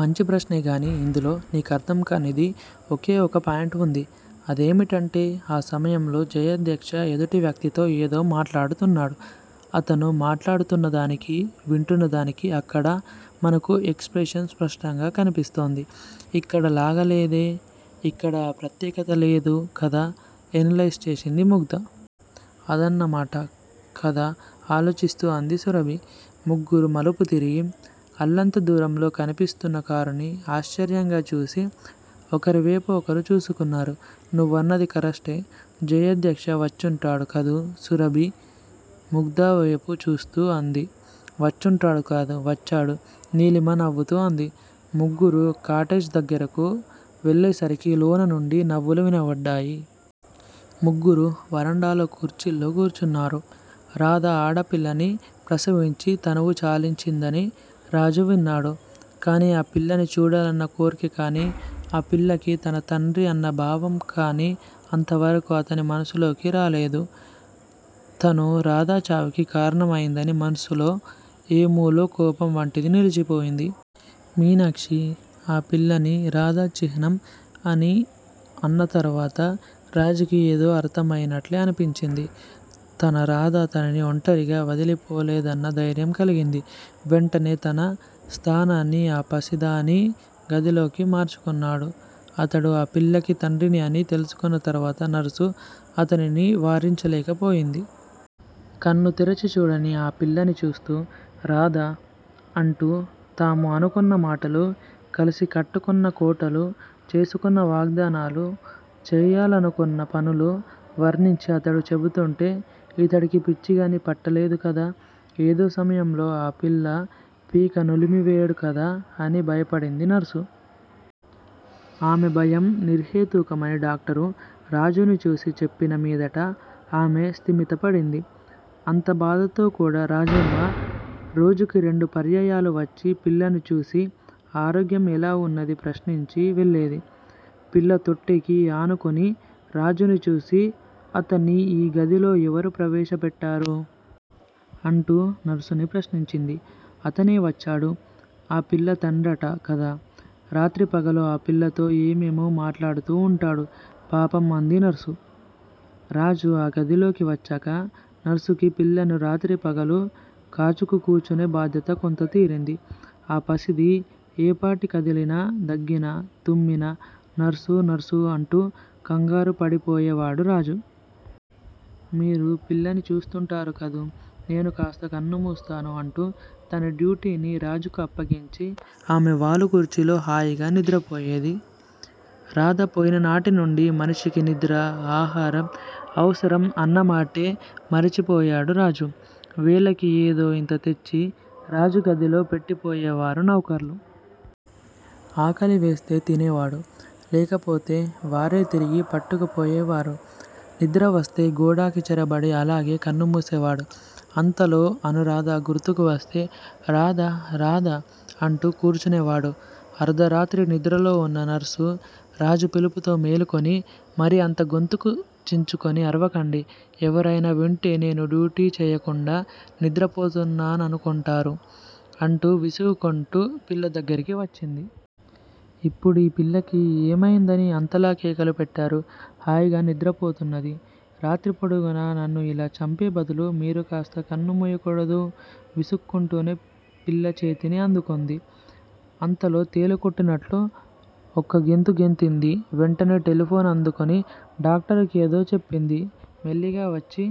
మంచి ప్రశ్నేగానీ ఇందులో నీకర్ధంకానిది ఒకే ఒక పాయింట్ వుంది. అదేమిటంటే ఆ సమయంలో జయాధ్యక్ష ఎదుటి వ్యక్తితో ఏదో మాట్లాడుతున్నాడు. అతను మాట్లాడుతున్నదానికి, వింటున్న దానికి అక్కడ మనకు ఎక్స్ ప్రెషన్ స్పష్టంగా కన్పిస్తోంది. ఇక్కడ లాగలేదే. ఇక్కడ ఆ ప్రత్యేకత లేదు కదా ఎనలైజ్ చేసింది ముగ్ధ. అదన్నమాట కధ ఆలోచిస్తూ అంది సురభి. ముగ్గురూ మలుపు తిరిగి, అల్లంత దూరంలో కన్పిస్తున్న కారుని ఆశ్చర్యంగా చూసి, ఒకరివేపు ఒకరు చూసుకున్నారు. నవ్వన్నది కరక్టే జయాధ్యక్ష వచ్చుంటాడు కదూ సురభి ముగ్ధవేపు చూస్తూ అంది. వచ్చుంటాడు కాదు. వచ్చాడు నీలిమ నవ్వుతూ అంది. ముగ్గురూ కాటేజ్ దగ్గరకు వెళ్ళేసరికి లోన నుండి నవ్వులు వినపడ్డాయి. ముగ్గురూ వరండాలో కుర్చీల్లో కూర్చున్నారు. రాధ ఆడపిల్లని ప్రసవించి తనువు చాలించిందని రాజు విన్నాడు. కాని ఆ పిల్లని చూడాలన్న కోర్కె కాని, ఆ పిల్లకి తను తండ్రి అన్న భావం కాని అంతవరకూ అతని మనసులోకి రాలేదు. తను రాధ చావుకి కారణం అయిందని మనసులో ఏ మూలో కోపం వంటిది నిలిచిపోయింది. మీనాక్షి ఆ పిల్లని రాధ చిహ్నం అని అన్న తరవాత రాజుకి యేదో అంతా అర్ధమయినట్లే అనిపించింది. తన రాధ తనను ఒంటరిగా వదిలిపోలేదన్న ధైర్యం కలిగింది. వెంటనే తన స్థానాన్ని ఆ పసిదాని గదిలోకి మార్చుకొన్నాడు. అతడు ఆ పిల్లకి తండ్రి అని తెలుసుకొన్న తరవాత నర్సు అతనిని వారించలేక పోయింది. కన్ను తెరిచి చూడని ఆ పిల్లని చూస్తూ 'రాధా' అంటూ తాము అనుకొన్న మాటలు, కలిసి కట్టుకొన్న కోటలు, చేసుకొన్న వాగ్ధానాలు, చేయాలనుకొన్న పనులు వర్ణించి అతడు చెబుతూంటే 'ఇతడికి పిచ్చికాని పట్టలేదు కదా? ఏదో సమయంలో ఆ పిల్ల పీక నులిమివేయడు కదా? ' అని భయపడింది నర్సు. ఆమె భయం నిర్హేతుకమని డాక్టరు రాజుని చూసి చెప్పిన మీదట ఆమె స్థిమితపడింది. అంత బాధతో కూడా రాజమ్మ రోజుకి రెండు పర్యాయాలు వచ్చి పిల్లని చూసి, ఆరోగ్యం ఎలా ఉన్నదీ ప్రశ్నించి వెళ్ళేది. పిల్ల తొట్టెకి ఆనుకొని రాజుని చూసి అతన్ని ఈ గదిలో యెవరు ప్రవేశ పెట్టేరు? అంటూ నర్సుని ప్రశ్నించింది. అతనే వచ్చాడు. ఆ పిల్ల తండ్రిట కదా! రాత్రీ పగలూ ఆ పిల్లతో ఏమేమో మాట్లాడుతూ ఉంటాడు, పాపం అంది నర్సు. రాజు ఆ గదిలోకి వచ్చాక నర్సుకి పిల్లని రాత్రి, పగలు కాచుకు కూర్చునే బాధ్యత కొంత తీరింది. ఆ పసిది ఏపాటి కదిలినా, దగ్గినా, తుమ్మినా నర్సు నర్సు అంటూ కంగారుపడిపోయేవాడు రాజు. మీరు పిల్లని చూస్తూంటారు కదూ. నేను కాస్త కన్ను మూస్తాను అంటూ తన డ్యూటీ రాజుకి అప్పగించి ఆమె వాలు కుర్చీలో హాయిగా నిద్రపోయేది. రాధ పోయిననాటి నుండి మనిషికి నిద్రా, ఆహారం అవసరం అన్నమాటే మరిచిపోయేడు రాజు. వేళకి ఏదో ఇంత తెచ్చి రాజు గదిలో పెట్టిపోయేవారు నౌకర్లు. ఆకలివేస్తే తినేవాడు. లేకపోతే వారే తిరిగి పట్టుకుపోయేవారు. నిద్రవస్తే గోడకి చేరబడి అలాగే కన్ను మూసేవాడు. అంతలో అనూరాధ గుర్తుకి వస్తే రాధా, రాధా! అంటూ కూర్చునేవాడు. అర్దరాత్రి నిద్రలో ఉన్న నర్సు రాజు పిలుపుతో మేలుకొని, మరీ అంత గొంతుకు చించుకొని అరవకండి, ఎవరైనా వింటే నేను డ్యూటీ చెయ్యకుండా నిద్రపోతున్నాననుకొంటారు అంటూ విసుగుకొంటూ పిల్ల దగ్గరికి వచ్చింది. ఇప్పుడీ పిల్లకి ఏమయిందని అంతలా కేకలు పెట్టారు? హాయిగా నిద్రపోతున్నది. రాత్రి పొడుగునా నన్ను ఇలా చంపే బదులు మీరూ కాస్త కన్ను ముయ్యకూడదూ? విసుక్కొంటూనే పిల్ల చేతిని అందుకొంది. అంతలో తేలు కుట్టినట్లు ఒక్క గెంతు గెంతింది. వెంటనే టెలిఫోను అందుకొని డాక్టరు కేదో చెప్పింది. మెల్లగా వచ్చి